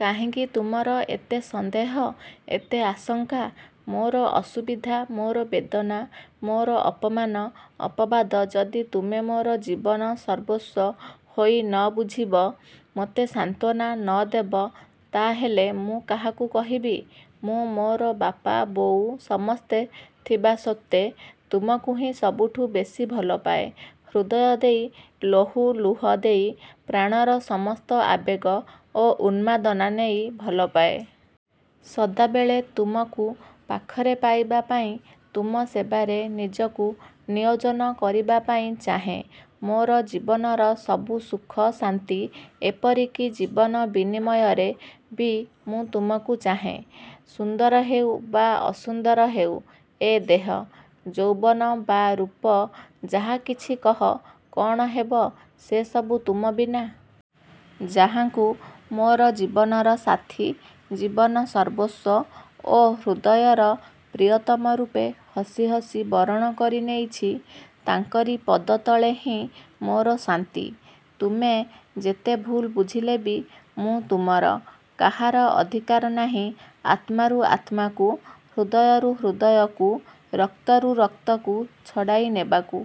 କାହିଁକି ତୁମର ଏତେ ସନ୍ଦେହ ଏତେ ଆଶଙ୍କା? ମୋର ଅସୁବିଧା, ମୋର ବେଦନା, ମୋର ଅପମାନ ଅପବାଦ ଯଦି ତୁମେ ମୋର ଜୀବନ ସର୍ବସ୍ୱ ହୋଇ ନ ବୁଝିବ, ମୋତେ ସାନ୍ତ୍ୱନା ନ ଦେବ; ତା'ହେଲେ ମୁଁ କାହାକୁ କହିବି? ମୁଁ ମୋର ବାପା ବୋଉ ସମସ୍ତେ ଥିବାସତ୍ତ୍ୱେ ତୁମକୁହିଁ ସବୁଠୁଁ ବେଶୀ ଭଲପାଏ; ହୃଦୟ ଦେଇ ଲହୁ ଲୁହ ଦେଇ, ପ୍ରାଣର ସମସ୍ତ ଆବେଗ ଓ ଉନ୍ମାଦନା ନେଇ ଭଲପାଏ। ସଦାବେଳେ ତୁମକୁ ପାଖରେ ପାଇବା ପାଇଁ; ତୁମ ସେବାରେ ନୀଜକୁ ନିୟୋଜନ କରିବା ପାଇଁ ଚାହେଁ। ମୋର ଜୀବନର ସବୁ ସୁଖ, ଶାନ୍ତି ଏପରି କି ଜୀବନ ବିନିମୟରେ ବି ମୁଁ ତୁମକୁ ଚାହେଁ। ସୁନ୍ଦର ହେଉ ବା ଅସୁନ୍ଦର ହେଉ ଏ ଦେହ, ଯୌବନ ବା ରୂପ ଯାହା କିଛି କହ; କ'ଣ ହେବ ସେ ସବୁ ତୁମ ବିନା? ଯାହାଙ୍କୁ ମୋର ଜୀବନର ସାଥୀ, ଜୀବନ-ସର୍ବସ୍ୱ ଓ ହୃଦୟର ପ୍ରିୟତମ ରୂପେ ହସି ହସି ବରଣ କରିନେଇଛି ତାଙ୍କରି ପଦତଳେ ହିଁ ମୋର ଶାନ୍ତି। ତୁମେ ଯେତେ ଭୁଲ୍ ବୁଝିଲେ ବି ମୁଁ ତୁମର। କାହାର ଅଧିକାର ନାହିଁ ଆତ୍ମାରୁ ଆତ୍ମାକୁ, ହୃଦୟରୁ ହୃଦୟକୁ, ରକ୍ତରୁ ରକ୍ତକୁ ଛଡ଼ାଇ ନେବାକୁ।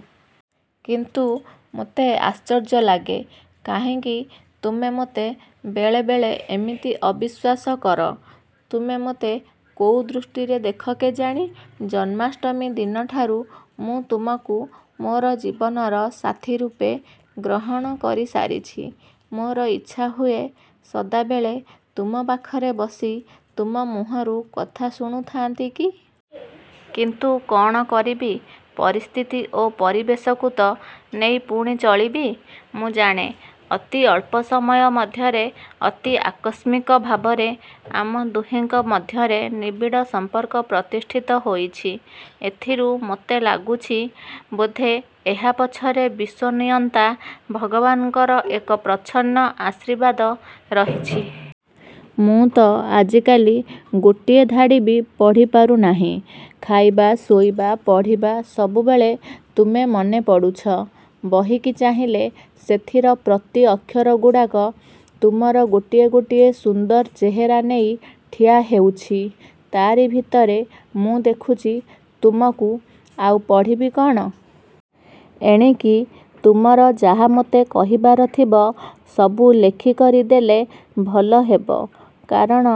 କିନ୍ତୁ ମୋତେ ଆଶ୍ଚର୍ଯ୍ୟ ଲାଗେ କାହିଁକି ତୁମେ ମୋତେ ବେଳେ ବେଳେ ଏମିତି ଅବିଶ୍ୱାସ କର। ତୁମେ ମୋତେ କୋଉ ଦୃଷ୍ଟିରେ ଦେଖ କେଜାଣି; ଜନ୍ମାଷ୍ଟମୀ ଦିନଠାରୁ ମୁଁ ତୁମକୁ ମୋର ଜୀବନର ସାଥୀ ରୂପେ ଗ୍ରହଣ କରି ସାରିଛି। ମୋର ଇଚ୍ଛାହୁଏ, ସଦାବେଳେ ତୁମ ପାଖରେ ବସି, ତୁମ ମୁହଁରୁ କଥା ଶୁଣୁଥାନ୍ତି କି? କିନ୍ତୁ କ'ଣ କରିବି-? ପରିସ୍ଥିତି ଓ ପରିବେଶକୁ ତ ନେଇ ପୁଣି ଚଳିବି। ମୁଁ ଜାଣେ ଅତି ଅଳ୍ପ ସମୟ ମଧ୍ୟରେ; ଅତି ଆକସ୍ମିକ ଭାବରେ ଆମ ଦୁହିଁଙ୍କ ମଧ୍ୟରେ ନିବିଡ଼ ସମ୍ପର୍କ ପ୍ରତିଷ୍ଠିତ ହୋଇଛି। ଏଥିରୁ ମୋତେ ଲାଗୁଛି ବୋଧେ ଏହା ପଛରେ ବିଶ୍ୱନିୟନ୍ତା ଭଗବାନ୍ଙ୍କର ଏକ ପ୍ରଚ୍ଛନ୍ନ ଆଶୀର୍ବାଦ ରହିଛି। ମୁଁ ତ ଆଜିକାଲି ଗୋଟିଏ ଧାଡ଼ି ବି ପଢ଼ିପାରୁନାହିଁ-। ଖାଇବା, ଶୋଇବା, ପଢ଼ିବା ସବୁବେଳେ ତୁମେ ମନେପଡ଼ୁଛ। ବହିକି ଚାହିଁଲେ ସେଥିର ପ୍ରତି ଅକ୍ଷରଗୁଡ଼ାକ ତୁମର ଗୋଟିଏ ଗୋଟିଏ ସୁନ୍ଦର ଚେହେରା ନେଇ ଠିଆ ହେଉଛି। ତାରି ଭିତରେ ମୁଁ ଦେଖୁଛି ତୁମକୁ। ଆଉ ପଢ଼ିବି କ'ଣ? ଏଣିକି ତୁମର ଯାହା ମୋତେ କହିବାର ଥିବ; ସବୁ ଲେଖି କରି ଦେଲେ ଭଲ ହେବ। କାରଣ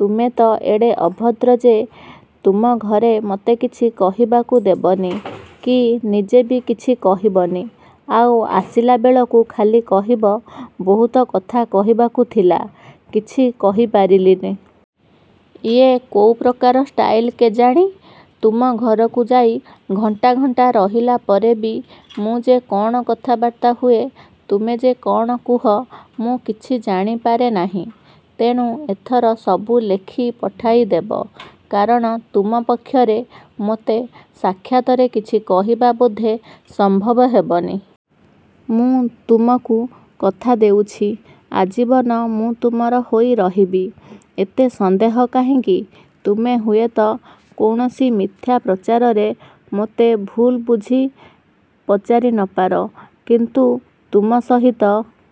ତୁମେ ତ ଏଡ଼େ ଅଭଦ୍ର ଯେ ତୁମ ଘରେ ମୋତେ କିଛି କହିବାକୁ ଦେବନି କି ନିଜେ ବି କିଛି କହିବନି। ଆଉ ଆସିଲା ବେଳକୁ ଖାଲି କହିବ-''ବହୁତ କଥା କହିବାକୁ ଥିଲା, କିଛି କହିପାରିଲିନି-। '' ଇଏ କୋଉ ପ୍ରକାର ଷ୍ଟାଇଲ୍ କେଜାଣି? ତୁମ ଘରକୁ ଯାଇ ଘଣ୍ଟା ଘଣ୍ଟା ରହିଲା ପରେ ବି ମୁଁ ଯେ କ'ଣ କଥାବାର୍ତ୍ତା ହୁଏ; ତୁମେ ଯେ କ'ଣ କୁହ ମୁଁ କିଛି ଜାଣିପାରେ ନାହିଁ। ତେଣୁ ଏଥର ସବୁ ଲେଖି ପଠାଇ ଦେବ; କାରଣ ତୁମ ପକ୍ଷରେ ମୋତେ ସାକ୍ଷାତରେ କିଛି କହିବା ବୋଧେ ସମ୍ଭବ ହେବନି। ମୁଁ ତୁମକୁ କଥା ଦେଉଛି ଆଜୀବନ ମୁଁ ତୁମର ହୋଇ ରହିବି। ଏତେ ସନ୍ଦେହ କାହିଁକି-? ତୁମେ ହୁଏତ କୌଣସି ମିଥ୍ୟା ପ୍ରଚାରରେ ମୋତେ ଭୁଲ୍ ବୁଝି ପଚାରି ନପାର; କିନ୍ତୁ ତୁମ ସହିତ